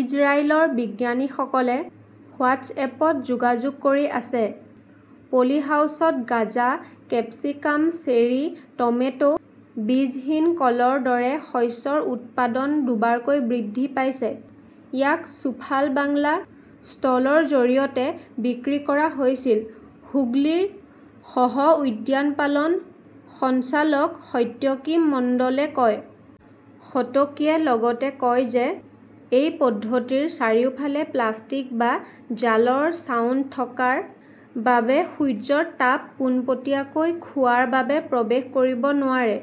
ইজৰাইলৰ বিজ্ঞানীসকলে হোৱাট্ছএপত যোগাযোগ কৰি আছে। পলিহাউচত গাঁজা, কেপচিকাম, চেৰী, টমেটো, বীজহীন কলৰ দৰে শস্যৰ উৎপাদন দুবাৰকৈ বৃদ্ধি পাইছে। ইয়াক চুফাল বাংলা ষ্টলৰ জৰিয়তে বিক্ৰী কৰা হৈছিল", হুগলীৰ সহ-উদ্যানপালন সঞ্চালক সত্যকী মণ্ডলে কয়। সতকীয়ে লগতে কয় যে এই পদ্ধতিৰ চাৰিওফালে প্লাষ্টিক বা জালৰ ছাউণ্ড থকাৰ বাবে সূৰ্যৰ তাপ পোনপটীয়াকৈ খোৱাৰ বাবে প্ৰৱেশ কৰিব নোৱাৰে।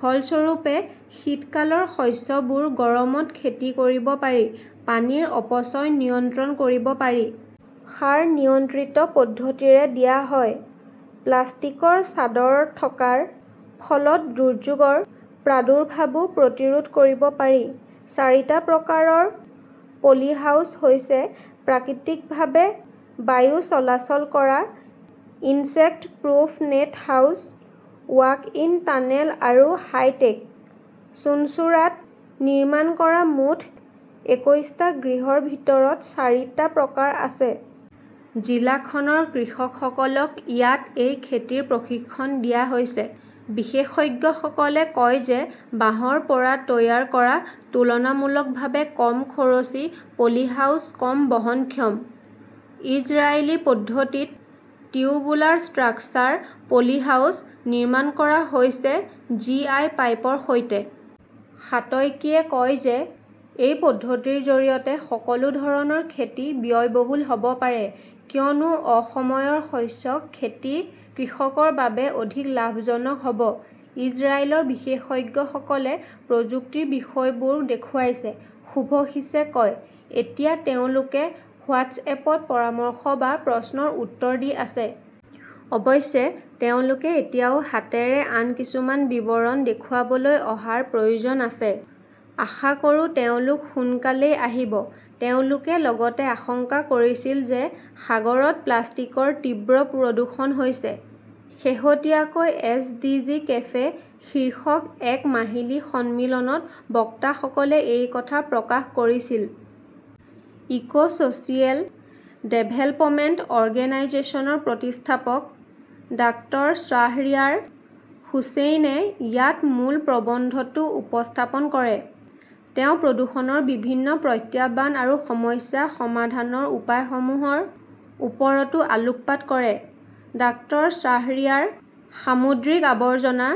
ফলস্বৰূপে, শীতকালৰ শস্যবোৰ গৰমত খেতি কৰিব পাৰি। পানীৰ অপচয় নিয়ন্ত্ৰণ কৰিব পাৰি। সাৰ নিয়ন্ত্ৰিত পদ্ধতিৰে দিয়া হয়। প্লাষ্টিকৰ চাদৰ থকাৰ ফলত দুৰ্যোগৰ প্ৰাদুৰ্ভাৱো প্ৰতিৰোধ কৰিব পাৰি। চাৰিটা প্ৰকাৰৰ পলিহাউছ হৈছে প্ৰাকৃতিকভাৱে বায়ু চলাচল কৰা, insect proof net house, walk in tunnel আৰু হাইটেক। চুঞ্চুৰাত নিৰ্মাণ কৰা মুঠ একৈশটা গৃহৰ ভিতৰত চাৰিটা প্ৰকাৰ আছে। জিলাখনৰ কৃষকসকলক ইয়াত এই খেতিৰ প্ৰশিক্ষণ দিয়া হৈছে। বিশেষজ্ঞসকলে কয় যে বাঁহৰ পৰা তৈয়াৰ কৰা তুলনামূলকভাৱে কম খৰচী পলিহাউছ কম বহনক্ষম। ইজৰাইলী পদ্ধতিত 'টিউবুলাৰ ষ্ট্ৰাকচাৰ পলিহাউছ' নিৰ্মাণ কৰা হৈছে জি. আই. পাইপৰ সৈতে। সাতয়কীয়ে কয় যে এই পদ্ধতিৰ জৰিয়তে সকলো ধৰণৰ খেতি ব্যয়বহুল হ'ব পাৰে, কিয়নো অসময়ৰ শস্য খেতি কৃষকৰ বাবে অধিক লাভজনক হ'ব। "ইজৰাইলৰ বিশেষজ্ঞসকলে প্ৰযুক্তিৰ বিষয়বোৰ দেখুৱাইছে", শুভশিছে কয়। এতিয়া তেওঁলোকে হোৱাট্ছএপত পৰামৰ্শ বা প্ৰশ্নৰ উত্তৰ দি আছে। অৱশ্যে, তেওঁলোকে এতিয়াও হাতেৰে আন কিছুমান বিৱৰণ দেখুৱাবলৈ অহাৰ প্ৰয়োজন আছে। আশা কৰোঁ তেওঁলোক সোনকালেই আহিব। তেওঁলোকে লগতে আশংকা কৰিছিল যে সাগৰত প্লাষ্টিকৰ তীব্ৰ প্ৰদূষণ হৈছে। শেহতীয়াকৈ "এছডিজি কেফে" শীৰ্ষক এক মাহিলী সন্মিলনত বক্তাসকলে এই কথা প্ৰকাশ কৰিছিল। ইকো-ছ'চিয়েল ডেভেলপমেণ্ট অৰ্গেনাইজেশ্যনৰ প্ৰতিষ্ঠাপক ডাঃ শ্বাহৰিয়াৰ হুচেইনে ইয়াত মূল প্ৰবন্ধটো উপস্থাপন কৰে। তেওঁ প্ৰদূষণৰ বিভিন্ন প্ৰত্যাহ্বান আৰু সমস্যা সমাধানৰ উপায়সমূহৰ ওপৰতো আলোকপাত কৰে। ডাঃ শ্বাহৰিয়াৰ সামুদ্ৰিক আৱৰ্জনা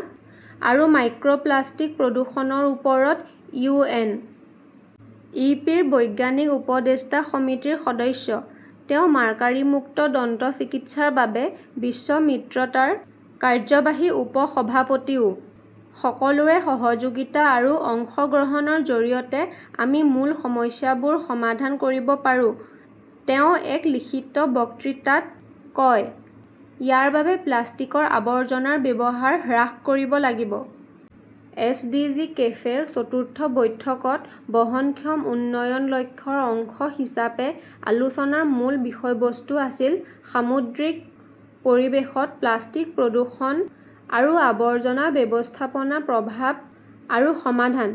আৰু মাইক্ৰ'প্লাষ্টিক প্ৰদূষণৰ ওপৰত ইউ. এন. ই. পি. ৰ বৈজ্ঞানিক উপদেষ্টা সমিতিৰ সদস্য। তেওঁ মাৰ্কাৰীমুক্ত দন্তচিকিৎসাৰ বাবে বিশ্ব মিত্ৰতাৰ কাৰ্যবাহী উপ-সভাপতিও। "সকলোৰে সহযোগিতা আৰু অংশগ্ৰহণৰ জৰিয়তে আমি মূল সমস্যাবোৰ সমাধান কৰিব পাৰোঁ", তেওঁ এক লিখিত বক্তৃতাত কয়। ইয়াৰ বাবে প্লাষ্টিকৰ আৱৰ্জনাৰ ব্যৱহাৰ হ্ৰাস কৰিব লাগিব। "এছডিজি কেফে" ৰ চতুৰ্থ বৈঠকত বহনক্ষম উন্নয়ন লক্ষ্যৰ অংশ হিচাপে আলোচনাৰ মূল বিষয়বস্তু আছিল "সামুদ্ৰিক পৰিৱেশত প্লাষ্টিক প্ৰদূষণ আৰু আৱৰ্জনা ব্যৱস্থাপনা প্ৰভাৱ আৰু সমাধান।